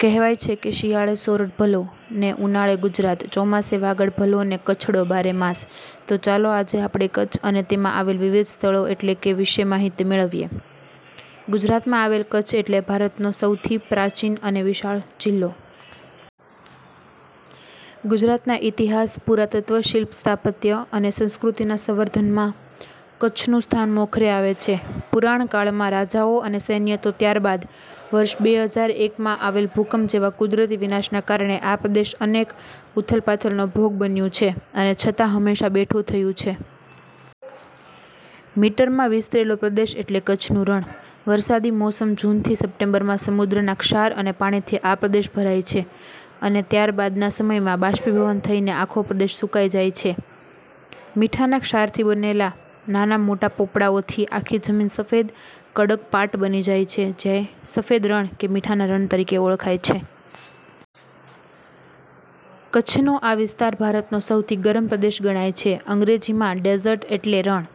કહેવાય છે કે, શિયાળે સોરઠ ભલો, ને ઉનાળે ગુજરાત, ચોમાસે વાગડ ભલો ને કચ્છડો બારે માસ. તો ચાલો આજે આપણે કચ્છ અને તેમાંં આવેલ વિવિધ સ્થળો એટલે કે વિશે માહિતી મેળવીએ. ગુજરાતમાં આવેલ કચ્છ એટલે ભારતનો સહુથી પ્રાચીન અને વિશાળ જિલ્લો. ગુજરાતના ઇતિહાસ, પુરાતત્વ, શિલ્પ-સ્થાપત્ય અને સંસ્કૃતિના સંવર્ધનમાં કચ્છનું સ્થાન મોખરે આવે છે. પુરાણકાળમાં રાજાઓ અને સૈન્ય તો ત્યારબાદ વર્ષ બે હજાર એક માં આવેલ ભૂકંપ જેવા કુદરતી વિનાશના કારણે આ પ્રદેશ અનેક ઉથલપાથલનો ભોગ બન્યું છે, અને છતાં હંમેશા બેઠું થયું છે. મીટર માં વિસ્તરેલો પ્રદેશ એટલે કચ્છનું રણ. વરસાદી મોસમ જૂનથી સપ્ટેમ્બરમાં સમુદ્રના ક્ષાર અને પાણીથી આ પ્રદેશ ભરાય છે અને ત્યારબાદના સમયમાં બાષ્પીભવન થઈને આખો પ્રદેશ સૂકાઈ જાય છે. મીઠાના ક્ષારથી બનેલા નાના મોટા પોપડાઓથી આખી જમીન સફેદ કડક પાટ બની જાય છે, જે સફેદ રણ, કે મીઠાના રણ તરીકે ઓળખાય છે. કચ્છનો આ વિસ્તાર ભારતનો સહુથી ગરમ પ્રદેશ ગણાય છે. અંગ્રેજીમાં ડેઝર્ટ એટલે રણ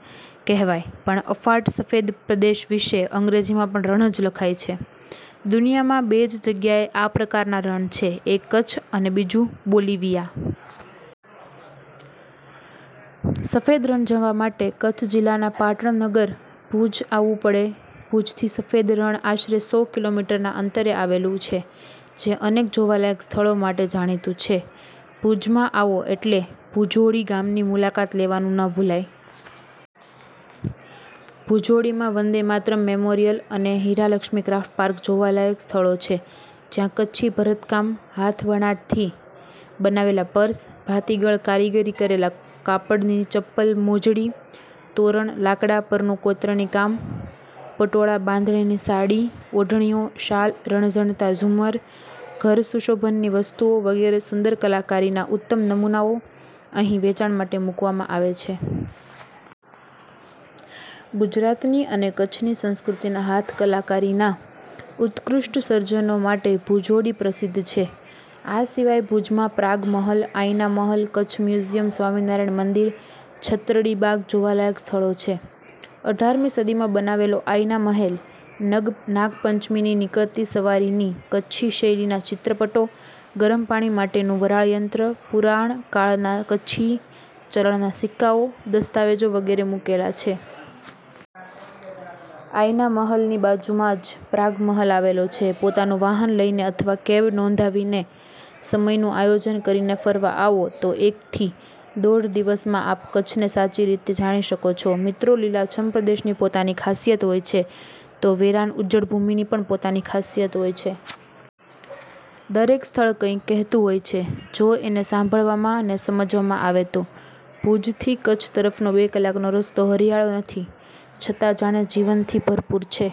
કહેવાય, પણ અફાટ સફેદ પ્રદેશ વિષે અંગ્રેજીમાં પણ રણ જ લખાય છે. દુનિયામાં બે જ જગ્યાએ આ પ્રકારના રણ છે, એક કચ્છ અને બીજું બોલિવિયા. સફેદ રણ જવા માટે કચ્છ જિલ્લાના પાટનગર ભૂજ આવવું પડે. ભૂજથી સફેદ રણ આશરે સો કિલો મીટર ના અંતરે આવેલું છે. જે અનેક જોવાલાયક સ્થળો માટે જાણીતું છે. ભૂજમાં આવો એટલે ભૂજોડી ગામની મુલાકાત લેવાનું ન ભૂલાય! ભૂજોડીમાં વંદે માતરમ મેમોરિયલ અને હીરાલક્ષ્મી ક્રાફ્ટ પાર્ક જોવાલાયક સ્થળો છે. જ્યાં કચ્છી ભરતકામ, હાથવણાટથી બનાવેલા પર્સ, ભાતીગળ કારીગરી કરેલા કાપડની ચપ્પલ-મોજડી, તોરણ, લાકડાં પરનું કોતરણી કામ, પટોળા, બાંધણીની સાડી-ઓઢણીઓ, શાલ, રણઝણતા ઝુમ્મર, ઘરસુશોભનની વસ્તુઓ વગેરે સુંદર કલાકારીના ઉત્તમ નમૂનાઓ અહીં વેચાણ માટે મૂકવામાં આવ્યા છે. ગુજરાતની અને કચ્છની સંસ્કૃતિના હાથ કલાકારીના ઉત્કૃષ્ઠ સર્જનો માટે ભુજોડી પ્રસિદ્ધ છે. આ સિવાય ભૂજમાં પ્રાગ મહલ, આઈના મહલ, કચ્છ મ્યુઝીયમ, સ્વામિનારાયણ મંદિર, છતરડી બાગ જોવાલાયક સ્થળો છે. અઢાર મી સદીમાં બનાવેલો આઇના મહેલ નાગપંચમીની નીકળતી સવારીની, કચ્છી શૈલીના ચિત્રપટો, ગરમ પાણી માટેનું વરાળયંત્ર, પુરાણ કાળના કચ્છી ચલણના સિક્કાઓ, દસ્તાવેજો વગેરે મૂકેલા છે. આઇના મહલની બાજુમાં જ પ્રાગ મહલ આવેલો છે. પોતાનું વાહન લઈને અથવા કેબ નોંધાવીને સમયનું આયોજન કરીને ફરવા આવો તો એકથી દોઢ દિવસમાં આપ કચ્છને સાચી રીતે જાણી શકો છો. મિત્રો, લીલાછમ પ્રદેશની પોતાની ખાસિયત હોય છે તો વેરાન, ઉજ્જડ ભૂમિની પણ પોતાની ખાસિયત હોય છે. દરેક સ્થળ કંઈક કહેતું હોય છે, જો એને સાંભળવામાં ને સમજવામાં આવે તો! ભૂજથી કચ્છ તરફનો બે કલાકનો રસ્તો હરિયાળો નથી છતાં જાણે જીવનથી ભરપુર છે!